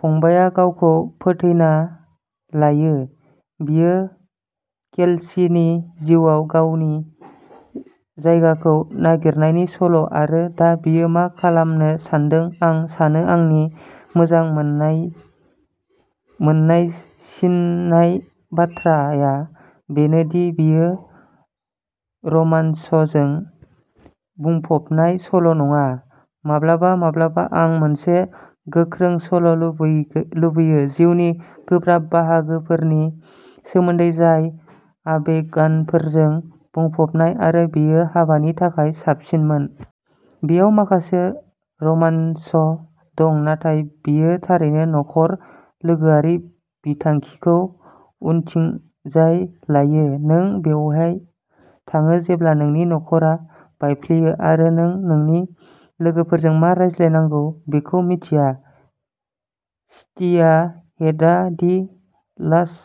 फंबायआ गावखौ फोथैना लायो। बेयो लेक्सीनि जिउआव गावनि जायगाखौ नागिरनायनि सल'आरो दा बियो मा खालामनो सानदों। आं सानो आंनि मोजां मोनसिननाय बाथ्राया बेनो दि बेयो रमान्सजों बुंफबनाय सल'नङा। माब्लाबा माब्लाबा आं मोनसे गोख्रों सल'लुगैयो, जिउनि गोब्राब बाहागोफोरनि सोमोन्दै, जाय आबेगफोरजों बुंफबनाय, आरो बेयो हाबानि थाखाय साबसिनमोन। बेयाव माखासे रमान्स दं नाथाय बेयो थारैनो नखर/लोगोआरि बिथिंखौ उनथिंजाय लायो। नों बबेहाय थाङो जेब्ला नोंनि नखरा बायफ्लेयो आरो नों नोंनि लोगोफोरजों मा रायज्लायनांगौ बेखौबो मिथिया? सिन्थिया हेन्डआ the last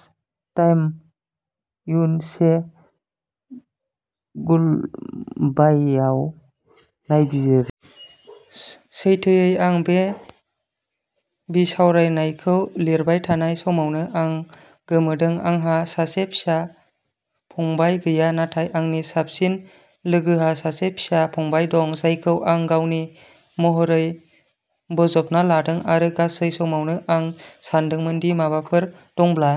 time we said गुडबायआव नायबिजिरो। सैथोयै, आं बे बिसावरायनायखौ लिरबाय थानाय समावबो, आं गोमोरदों। आंहा सासे फिसा फंबाय गैया, नाथाय आंनि साबसिन लोगोहा सासे फिसा फंबाय दं जायखौ आं गावनि महरै बोजबना लादों आरो गासै समावनो आं सानदोंमोन दि माबाफोर दंब्ला।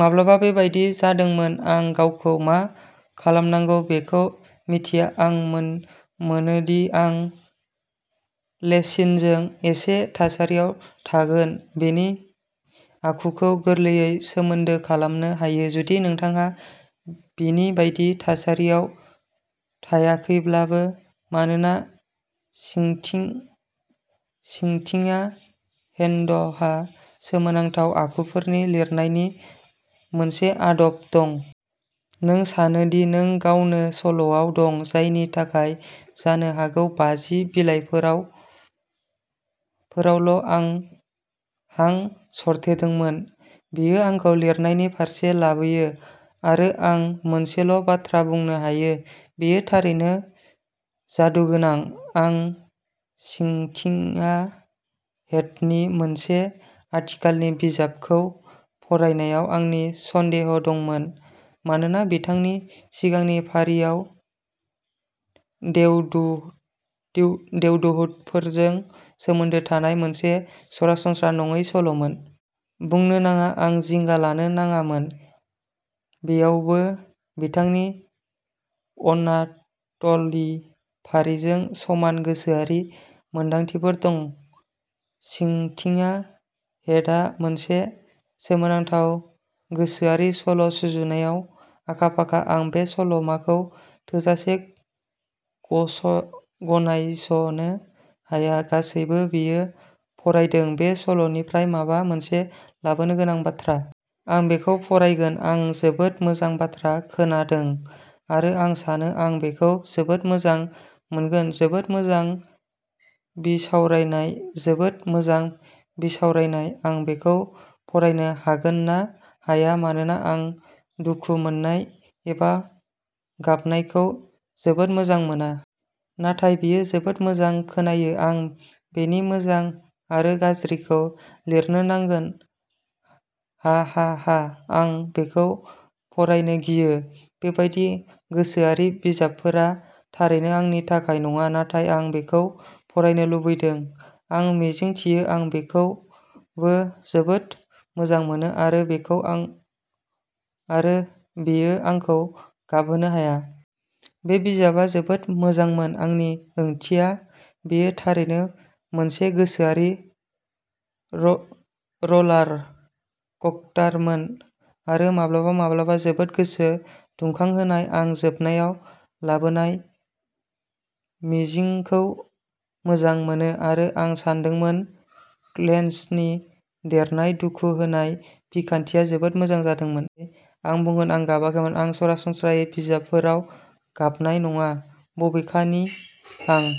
माब्लाबा बेबायदि जादोंमोन आं गावखौ मा खालामनांगौ बेखौ मिन्थिया। आं मोनोदि आं लेक्सिजों एखे थासारियाव थागोन। बिनि आखुखौ गोरलैयैनो सोमोन्दो खालामनो हायो, जुदि नोंथाङा बिनि बायदि थासारियाव थायाखैब्लाबो मानोना सिंथिया हेन्डहा सोमोनांथाव आखुफोर लिरनायनि मोनसे आदब दं। नों सानो दि नों गावनो सल'आव दं, जायनि थाखाय जानो हागौ बाजि बिलाइफोरावल'आं हां सरथेदोंमोन। बेयो आंखौ लिरनायनि फारसे लाबोयो, आरो आं मोनसेल'बाथ्रा बुंनो हायो। बेयो थारैनो जादुगोनां। आं सिंथिया हेन्डनि मोनसे आथिखालनि बिजाबखौ फरायनायाव आंनि सन्देह दंमोन मानोना बिथांनि सिगांनि फारिफोरा देवदुतफोरजों सोमोन्दो थानाय मोनसे सरासनस्रा नङै सल'मोन। बुंनो नाङा, आं जिंगा लानो नाङामोन। बेयावबो बिथांनि आनआर्थलि फारिजों समान गोसोआरि मोनदांथिफोर दं। सिंथिया हेन्डआ मोनसे सोमोनांथाव गोसोआरि सल'सुजुनायाव आखा-फाखा। आं बे सल'माखौ थोजासे गनायस'नो हाया। गासैबो बेखौ फरायदों। बे सल'निफ्राय माबा मोनसे लानो गोनां बाथ्रा। आं बेखौ फरायगोन, आं जोबोद मोजां बाथ्रा खोनादों आरो आं सानो आं बेखौ जोबोद मोजां मोनगोन!: जोबोद मोजां बिसावरायनाय! जोबोद मोजां बिसावरायनाय! आं बेखौ फरायनो हागोन ना हाया, मानोना आं दुखु मोननाय एबा गाबनायखौ जोबोद मोजां मोना। नाथाय बेयो जोबोद मोजां खोनायो। आं बेनि मोजां आरो गाज्रिखौ लिरनो नांगोन, हाहाहा। आं बेखौ फरायनो गियो। बेबादि गोसोआरि बिजाबफोरा थारैनो आंनि थाखाय नङा। नाथाय आं बेखौ फरायनो लुबैदों। आं मिजिंथियो आं बेखौबो जोबोद मोजां मोनो आरो बेयो आंखौ गाबहोनो हाया। बे बिजाबआ जोबोद मोजांमोन! आंनि ओंथिया, बेयो थारैनो मोनसे गोसोआरि रलार कस्टारमोन। आरो माब्लाबा माब्लाबा जोबोद गोसो दुंखांहोनाय। आं जोबनायाव लाबोनाय मिजिंखौ मोजां मोनो। आरो आं सानदोंमोन लेक्सनि देरनाय/दुखु होनाय बिखान्थिया जोबोद मोजां जादोंमोन। आं बुंगोन आं गाबाखैमोन। आं सरासनस्रायै बिजाबफोराव गाबनाय नङा, बबेखानि। आं